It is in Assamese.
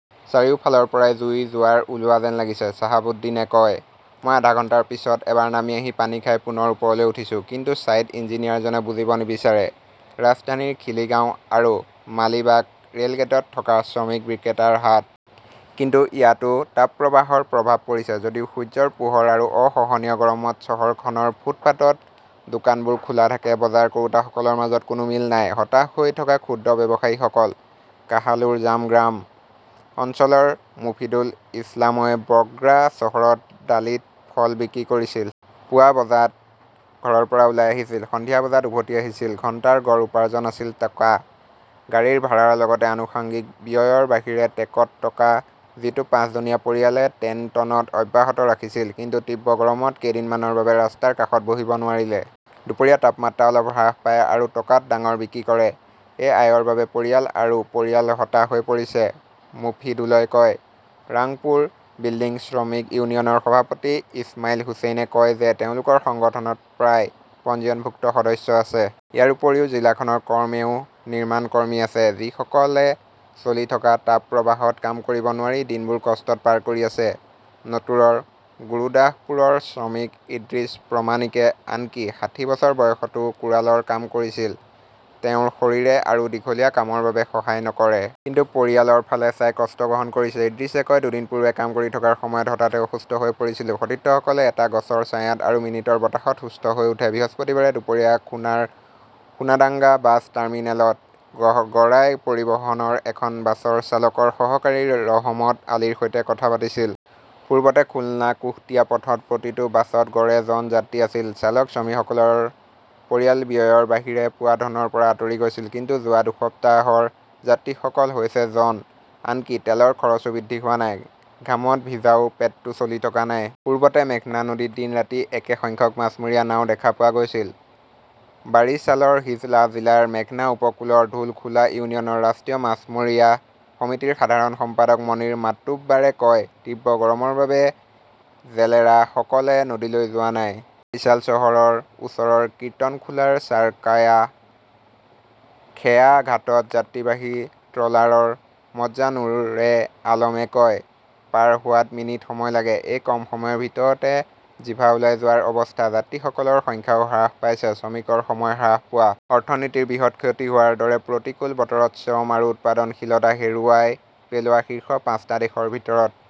"চাৰিওফালৰ পৰা জুইৰ জোৱাৰ ওলোৱা যেন লাগিছে", চাহাবুদ্দিনে কয়। মই আধা ঘণ্টাৰ পিছত এবাৰ নামি আহি পানী খাই পুনৰ ওপৰলৈ উঠিছোঁ। কিন্তু ছাইট ইঞ্জিনিয়াৰজনে বুজিব নিবিচাৰে। "ৰাজধানীৰ খিলগাঁও আৰু মালিবাগ ৰেলগেটত থকা শ্ৰমিক বিক্ৰেতাৰ হাট। কিন্তু ইয়াতও তাপপ্ৰবাহৰ প্ৰভাৱ পৰিছে। যদিও সূৰ্যৰ পোহৰ আৰু অসহনীয় গৰমত চহৰখনৰ ফুটপাতত দোকানবোৰ খোলা থাকে, বজাৰ কৰোঁতাসকলৰ মাজত কোনো মিল নাই, হতাশ হৈ থকা ক্ষুদ্ৰ ব্যৱসায়ীসকল। কাহালুৰ জামগ্ৰাম অঞ্চলৰ মোফিদুল ইছলামই বগ্ৰা চহৰত ডালিত ফল বিক্ৰী কৰিছিল। পুৱা বজাত ঘৰৰ পৰা ওলাই আহিছিল; সন্ধিয়া বজাত উভতি আহিছিল। ঘণ্টাৰ গড় উপাৰ্জন আছিল টকা। গাড়ীৰ ভাড়াৰ লগতে আনুষংগিক ব্যয়ৰ বাহিৰে টেকত টকা, যিটো পাঁচজনীয়া পৰিয়ালে টেনটনত অব্যাহত ৰাখিছিল। কিন্তু তীব্ৰ গৰমত কেইদিনমানৰ বাবে ৰাস্তাৰ কাষত বহিব নোৱাৰিলে। দুপৰীয়া তাপমাত্ৰা অলপ হ্ৰাস পায় আৰু টকাত ডাঙৰ বিক্ৰী কৰে। এই আয়ৰ বাবে পৰিয়াল আৰু পৰিয়াল হতাশ হৈ পৰিছে, মোফিদুলই কয়। ৰাংপুৰ বিল্ডিং শ্ৰমিক ইউনিয়নৰ সভাপতি ইছমাইল হুচেইনে কয় যে তেওঁলোকৰ সংগঠনত প্ৰায় পঞ্জীয়নভুক্ত সদস্য আছে। ইয়াৰ উপৰিও, জিলাখনৰ কমেও নিৰ্মাণ কৰ্মী আছে, যিসকলে চলি থকা তাপপ্ৰবাহত কাম কৰিব নোৱাৰি দিনবোৰ কষ্টত পাৰ কৰি আছে। নটোৰৰ গুৰদাসপুৰৰ শ্ৰমিক ইদ্ৰিছ প্ৰমাণিকে আনকি ষাঠি বছৰ বয়সতো কোড়ালৰ কাম কৰিছিল। তেওঁৰ শৰীৰে আৰু দীঘলীয়া কামৰ বাবে সহায় নকৰে। কিন্তু পৰিয়ালৰ ফালে চাই কষ্ট গ্ৰহণ কৰে। ইদ্ৰিছে কয়, "দুদিন পূৰ্বে কাম কৰি থকাৰ সময়ত হঠাতে অসুস্থ হৈ পৰিছিলো। সতীৰ্থসকলে এটা গছৰ ছায়াত আৰু মিনিটৰ বতাহত সুস্থ হৈ উঠে। 'বৃহস্পতিবাৰে দুপৰীয়া খুনাৰ সোনাডাংগা বাছ টাৰ্মিনেলত গৰাই পৰিবহণৰ এখন বাছৰ চালকৰ সহকাৰী ৰহমত আলীৰ সৈতে কথা পাতিছিল। "পূৰ্বতে খুলনা-কুশটিয়া পথত প্ৰতিটো বাছত গড়ে জন যাত্ৰী আছিল। চালক-শ্ৰমিকসকলৰ পৰিয়াল ব্যয়ৰ বাহিৰে পোৱা ধনৰ পৰা আঁতৰি গৈছিল। কিন্তু যোৱা দুসপ্তাহৰ যাত্ৰীসকল হৈছে জন। আনকি তেলৰ খৰচও বৃদ্ধি হোৱা নাই। ঘামত ভিজাও পেটটো চলি থকা নাই। "পূৰ্বতে মেঘনা নদীত দিন-ৰাতি একে সংখ্যক মাছমৰীয়া নাও দেখা পোৱা গৈছিল", বাৰিছালৰ হিজলা জিলাৰ মেঘনা উপকূলৰ ধুলখোলা ইউনিয়নৰ ৰাষ্ট্ৰীয় মাছমৰীয়া সমিতিৰ সাধাৰণ সম্পাদক মনিৰ মাট্টুবাৰে কয়। তীব্ৰ গৰমৰ বাবে জেলেৰাসকলে নদীলৈ যোৱা নাই। "বাৰিছাল চহৰৰ ওচৰৰ কিৰ্তনখোলাৰ চাৰকাৱা খেয়াঘাটত যাত্ৰীবাহী ট্ৰলাৰৰ মজ্জা নুৰে আলমে কয়", পাৰ হোৱাত মিনিট সময় লাগে। এই কম সময়ৰ ভিতৰতে জিভা ওলাই যোৱাৰ অৱস্থা। যাত্ৰীসকলৰ সংখ্যাও হ্ৰাস পাইছে। 'শ্ৰমিকৰ সময় হ্ৰাস পোৱা, অৰ্থনীতিৰ বৃহৎ ক্ষতি হোৱাৰ দৰে প্ৰতিকূল বতৰত শ্ৰম আৰু উৎপাদনশীলতা হেৰুৱাই পেলোৱা শীৰ্ষ পাঁচটা দেশৰ ভিতৰত